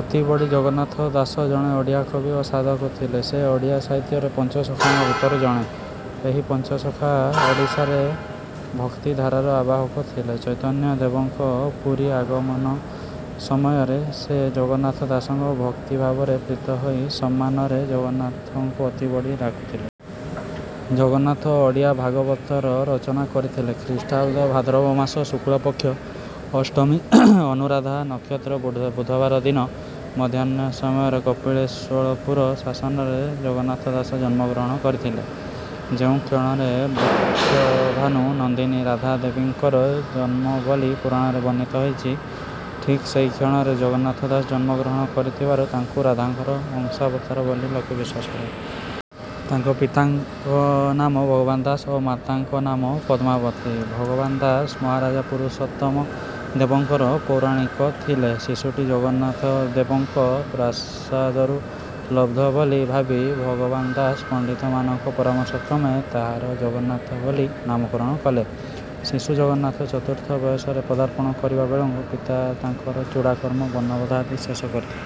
ଅତିବଡ଼ି ଜଗନ୍ନାଥ ଦାସ ଜଣେ ଓଡ଼ିଆ କବି ଓ ସାଧକ ଥିଲେ। ସେ ଓଡ଼ିଆ ସାହିତ୍ୟର ପଞ୍ଚସଖାଙ୍କ ଭିତରୁ ଜଣେ। ଏହି ପଞ୍ଚସଖା ଓଡ଼ିଶାରେ "ଭକ୍ତି" ଧାରାର ଆବାହକ ଥିଲେ। ଚୈତନ୍ୟ ଦେବଙ୍କ ପୁରୀ ଆଗମନ ସମୟରେ ସେ ଜଗନ୍ନାଥ ଦାସଙ୍କ ଭକ୍ତିଭାବରେ ପ୍ରୀତ ହୋଇ ସମ୍ମାନରେ ଜଗନ୍ନାଥଙ୍କୁ "ଅତିବଡ଼ି" ଡାକୁଥିଲେ। ଜଗନ୍ନାଥ ଓଡ଼ିଆ ଭାଗବତର ରଚନା କରିଥିଲେ। ଖ୍ରୀଷ୍ଟାଦ୍ଦ ଭାଦ୍ରବମାସ ଶୁକ୍ଳପକ୍ଷ ଅଷ୍ଟମୀ ଅନୁରାଧା ନକ୍ଷତ୍ର ବୁଧବାର ଦିନ ମଧ୍ୟାହ୍ନ ସମୟରେ କପିଳେଶ୍ୱରପୁର ଶାସନରେ ଜଗନ୍ନାଥ ଦାସ ଜନ୍ମଗ୍ରହଣ କରିଥିଲେ। ଯେଉଁ କ୍ଷଣରେ ବୃଷଭାନୁ ନନ୍ଦିନୀ ରାଧା ଦେବୀଙ୍କର ଜନ୍ମ ବୋଲି ପୁରାଣରେ ବର୍ଣ୍ଣିତ ହୋଇଛି, ଠିକ ସେହିକ୍ଷଣରେ ଜଗନ୍ନାଥ ଦାସ ଜନ୍ମଗ୍ରହଣ କରିଥିବାରୁ ତାଙ୍କୁ ରାଧାଙ୍କର ଅଂଶାବତାର ବୋଲି ଲୋକେ ବିଶ୍ୱାସ କରନ୍ତି। ତାଙ୍କ ପିତାଙ୍କ ନାମ ଭଗବାନ ଦାସ ଓ ମାତାଙ୍କ ନାମ ପଦ୍ମାବତୀ। ଭଗବାନ ଦାଶ ମହାରାଜା ପୁରୁଷୋତ୍ତମ ଦେବଙ୍କର ପୌରାଣିକ ଥିଲେ। ଶିଶୁଟି ଜଗନ୍ନାଥ ଦେବଙ୍କ ପ୍ରସାଦରୁ ଲବ୍ଧ ବୋଲି ଭାବି ଭଗବାନ ଦାସ ପଣ୍ଡିତମାନଙ୍କ ପରାମର୍ଶକ୍ରମେ ତାହାର ଜଗନ୍ନାଥ ବୋଲି ନାମକରଣ କଲେ। ଶିଶୁ ଜଗନ୍ନାଥ ଚତୁର୍ଥ ବୟସରେ ପଦାର୍ପଣ କରିବା ବେଳକୁ ପିତା ତାଙ୍କର ଚୂଡ଼ାକର୍ମ, ବଣ୍ଣବୋଧ ଆଦି ଶେଷ କରିଥିଲେ।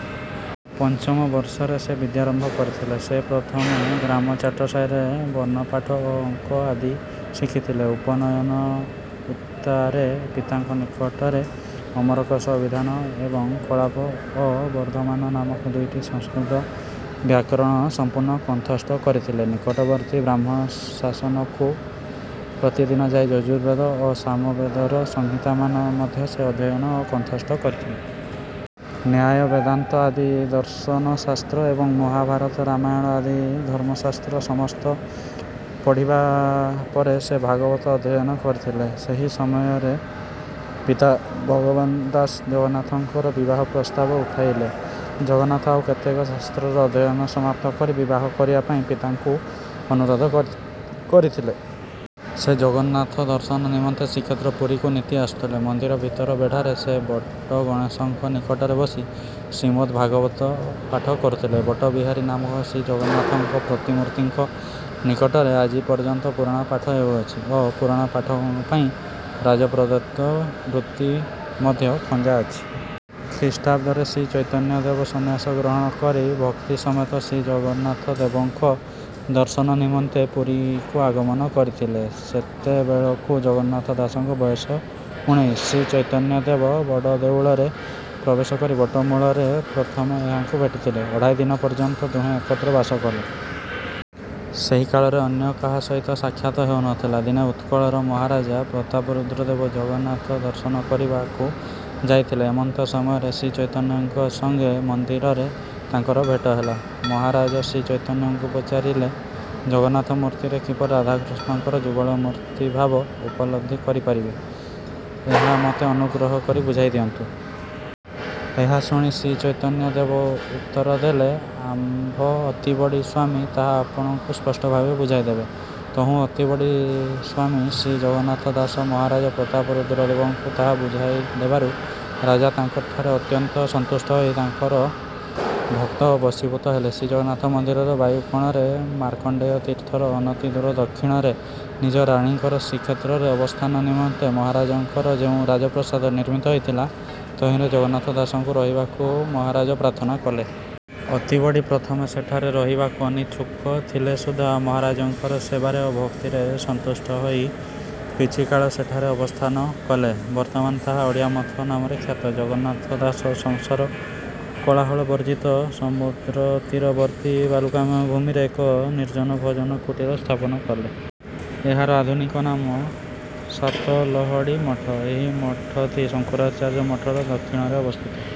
ପଞ୍ଚମ ବର୍ଷରେ ସେ ବିଦ୍ୟାରମ୍ଭ କରିଥିଲେ। ସେ ପ୍ରଥମେ ଗ୍ରାମ ଚାଟଶାଳୀରେ ବର୍ଣ୍ଣପାଠ ଓ ଅଙ୍କ ଆଦି ଶିଖିଥିଲେ। ଉପନୟନ ଉତ୍ତାରେ ପିତାଙ୍କ ନିକଟରେ ଅମରକୋଷ, ଅଭିଧାନ ଏବଂ କଳାପ ଓ ବର୍ଦ୍ଧମାନ ନାମକ ଦୁଇଟି ସଂସ୍କୃତ ବ୍ୟାକରଣ ସମ୍ପୂର୍ଣ୍ଣ କଣ୍ଠସ୍ଥ କରିଥିଲେ। ନିକଟବର୍ତ୍ତୀ ବ୍ରାହ୍ମଣ ଶାସନକୁ ପ୍ରତିଦିନ ଯାଇ ଯଜୁର୍ବେଦ ଓ ସାମବେଦର ସଂହିତାମାନ ମଧ୍ୟ ସେ ଅଧ୍ୟୟନ ଓ କଣ୍ଠସ୍ଥ କରିଥିଲେ। ନ୍ୟାୟ ବେଦାନ୍ତ ଆଦି ଦର୍ଶନଶାସ୍ତ୍ର ଏବଂ ମହାଭାରତ ରାମାୟଣ ଆଦି ଧର୍ମଶାସ୍ତ୍ର ସମସ୍ତ ପଢ଼ିବା ପରେ ସେ ଭାଗବତ ଅଧ୍ୟୟନ କରିଥିଲେ। ଏହି ସମୟରେ ପିତା ଭଗବାନ ଦାସ ଜଗନ୍ନାଥଙ୍କର ବିବାହ ପ୍ରସ୍ତାବ ଉଠାଇଲେ। ଜଗନ୍ନାଥ ଆଉ କେତେକ ଶାସ୍ତ୍ରର ଅଧ୍ୟୟନ ସମାପ୍ତ କରି ବିବାହ କରିବା ପାଇଁ ପିତାଙ୍କୁ ଅନୁରୋଧ କରିଥିଲେ। ସେ ଜଗନ୍ନାଥ ଦର୍ଶନ ନିମନ୍ତେ ଶ୍ରୀକ୍ଷେତ୍ର ପୁରୀକୁ ନିତି ଆସୁଥିଲେ। ମନ୍ଦିର ଭିତର ବେଢ଼ାରେ ସେ ବଟଗଣେଶଙ୍କ ନିକଟରେ ବସି ଶ୍ରୀମଦ୍ ଦ୍ଭାଗବତ ପାଠ କରୁଥିଲେ। ବଟବିହାରୀ ନାମକ ଶ୍ରୀଜଗନ୍ନାଥଙ୍କ ପ୍ରତିମୂର୍ତ୍ତିଙ୍କ ନିକଟରେ ଆଜି ପର୍ଯ୍ୟନ୍ତ ପୁରାଣ ପାଠ ହେଉଅଛି ଓ ପୁରାଣ ପାଠକଙ୍କ ପାଇଁ ରାଜପ୍ରଦତ୍ତ ବୃତ୍ତି ମଧ୍ୟ ଖଞ୍ଜା ଅଛି। ଖ୍ରୀଷ୍ଟାଦ୍ଦରେ ଶ୍ରୀ ଚୈତନ୍ୟଦେବ ସନ୍ନ୍ୟାସ ଗ୍ରହଣ କରି ଭକ୍ତି ସମେତ ଶ୍ରୀଜଗନ୍ନାଥ ଦେବଙ୍କ ଦର୍ଶନ ନିମନ୍ତେ ପୁରୀକୁ ଆଗମନ କରିଥିଲେ। ସେତେବେଳକୁ ଜଗନ୍ନାଥ ଦାସଙ୍କ ବୟସ ଉଣେଇଶ। ଶ୍ରୀଚୈତନ୍ୟ ଦେବ ବଡ଼ଦେଉଳରେ ପ୍ରବେଶ କରି ବଟ ମୂଳରେ ପ୍ରଥମେ ଏହାଙ୍କୁ ଭେଟିଥିଲେ। ଅଢ଼ାଇ ଦିନ ପର୍ଯ୍ୟନ୍ତ ଦୁହେଁ ଏକତ୍ର ବାସ କଲେ। ସେହି କାଳରେ ଅନ୍ୟ କାହା ସହିତ ସାକ୍ଷାତ ହେଉନଥିଲା। ଦିନେ ଉତ୍କଳର ମହାରାଜା ପ୍ରତାପରୁଦ୍ର ଦେବ ଜଗନ୍ନାଥ ଦର୍ଶନ କରିବାକୁ ଯାଇଥିଲେ, ଏମନ୍ତ ସମୟରେ ଶ୍ରୀଚୈତନ୍ୟଙ୍କ ସଙ୍ଗେ ମନ୍ଦିରରେ ତାଙ୍କର ଭେଟ ହେଲା, ମହାରାଜ ଶ୍ରୀଚୈତନଙ୍କୁ ପଚାରିଲେ, "ଜଗନ୍ନାଥ ମୂର୍ତ୍ତିରେ କିପରି ରାଧାକୃଷ୍ଣଙ୍କର ଯୁଗଳମୂର୍ତ୍ତି ଭାବ ଉପଲବ୍ଧି କରି ପାରିବି, ଏହା ମୋତେ ଅନୁଗ୍ରହ କରି ବୁଝାଇ ଦିଅନ୍ତୁ"। ଏହା ଶୁଣି ଶ୍ରୀଚୈତନ୍ୟ ଦେବ ଉତ୍ତର ଦେଲେ 'ଆମ୍ଭ ଅତିବଡ଼ି ସ୍ୱାମୀ ତାହା ଆପଣଙ୍କୁ ସ୍ପଷ୍ଟଭାବେ ବୁଝାଇ ଦେବେ"। ତହୁଁ ଅତିବଡ଼ି ସ୍ୱାମୀ ଶ୍ରୀ ଜଗନ୍ନାଥ ଦାସ ମହାରାଜ ପ୍ରତାପରୁଦ୍ର ଦେବଙ୍କୁ ତାହା ବୁଝାଇ ଦେବାରୁ ରାଜା ତାଙ୍କଠାରେ ଅତ୍ୟନ୍ତ ସନ୍ତୁଷ୍ଟ ହୋଇ ତାଙ୍କର ଭକ୍ତ ଓ ବଶୀଭୂତ ହେଲେ ଶ୍ରୀ ଜଗନ୍ନାଥ ମନ୍ଦିରର ବାୟୁ କୋଣରେ ମାର୍କଣ୍ଡେୟ ତୀର୍ଥର ଅନତିଦୂର ଦକ୍ଷିଣରେ ନିଜ ରାଣୀଙ୍କର ଶ୍ରୀକ୍ଷେତ୍ରରେ ଅବସ୍ଥାନ ନିମନ୍ତେ ମହାରାଜାଙ୍କର ଯେଉଁ ରାଜପ୍ରସାଦ ନିର୍ମିତ ହୋଇଥିଲା, ତହିଁରେ ଜଗନ୍ନାଥ ଦାସଙ୍କୁ ରହିବାକୁ ମହାରାଜ ପ୍ରାର୍ଥନା କଲେ। ଅତିବଡ଼ି ପ୍ରଥମେ ସେଠାରେ ରହିବାକୁ ଅନିଚ୍ଛୁକ ଥିଲେ ସୁଦ୍ଧା ମହରାଜଙ୍କର ସେବାରେ ଓ ଭକ୍ତିରେ ସନ୍ତୁଷ୍ଟ ହୋଇ କିଛି କାଳ ସେଠାରେ ଅବସ୍ଥାନ କଲେ ବର୍ତ୍ତମାନ ତାହା ଓଡ଼ିଆମଠ ନାମରେ ଖ୍ୟାତ। ଜଗନ୍ନାଥ ଦାସ ସଂସାର କୋଳାହଳ ବର୍ଜ୍ଜିତ ସମୁଦ୍ରତୀରବର୍ତ୍ତୀ ବାଲୁକାମୟ ଭୂମିରେ ଏକ ନିର୍ଜନ ଭଜନ କୁଟୀର ସ୍ଥାପନ କଲେ। ଏହାର ଆଧୁନିକ ନାମ ସାତଲହଡ଼ି ମଠ। ଏହି ମଠଟି ଶଙ୍କରାଚାର୍ଯ୍ୟ ମଠର ଦକ୍ଷିଣରେ ଅବସ୍ଥିତ।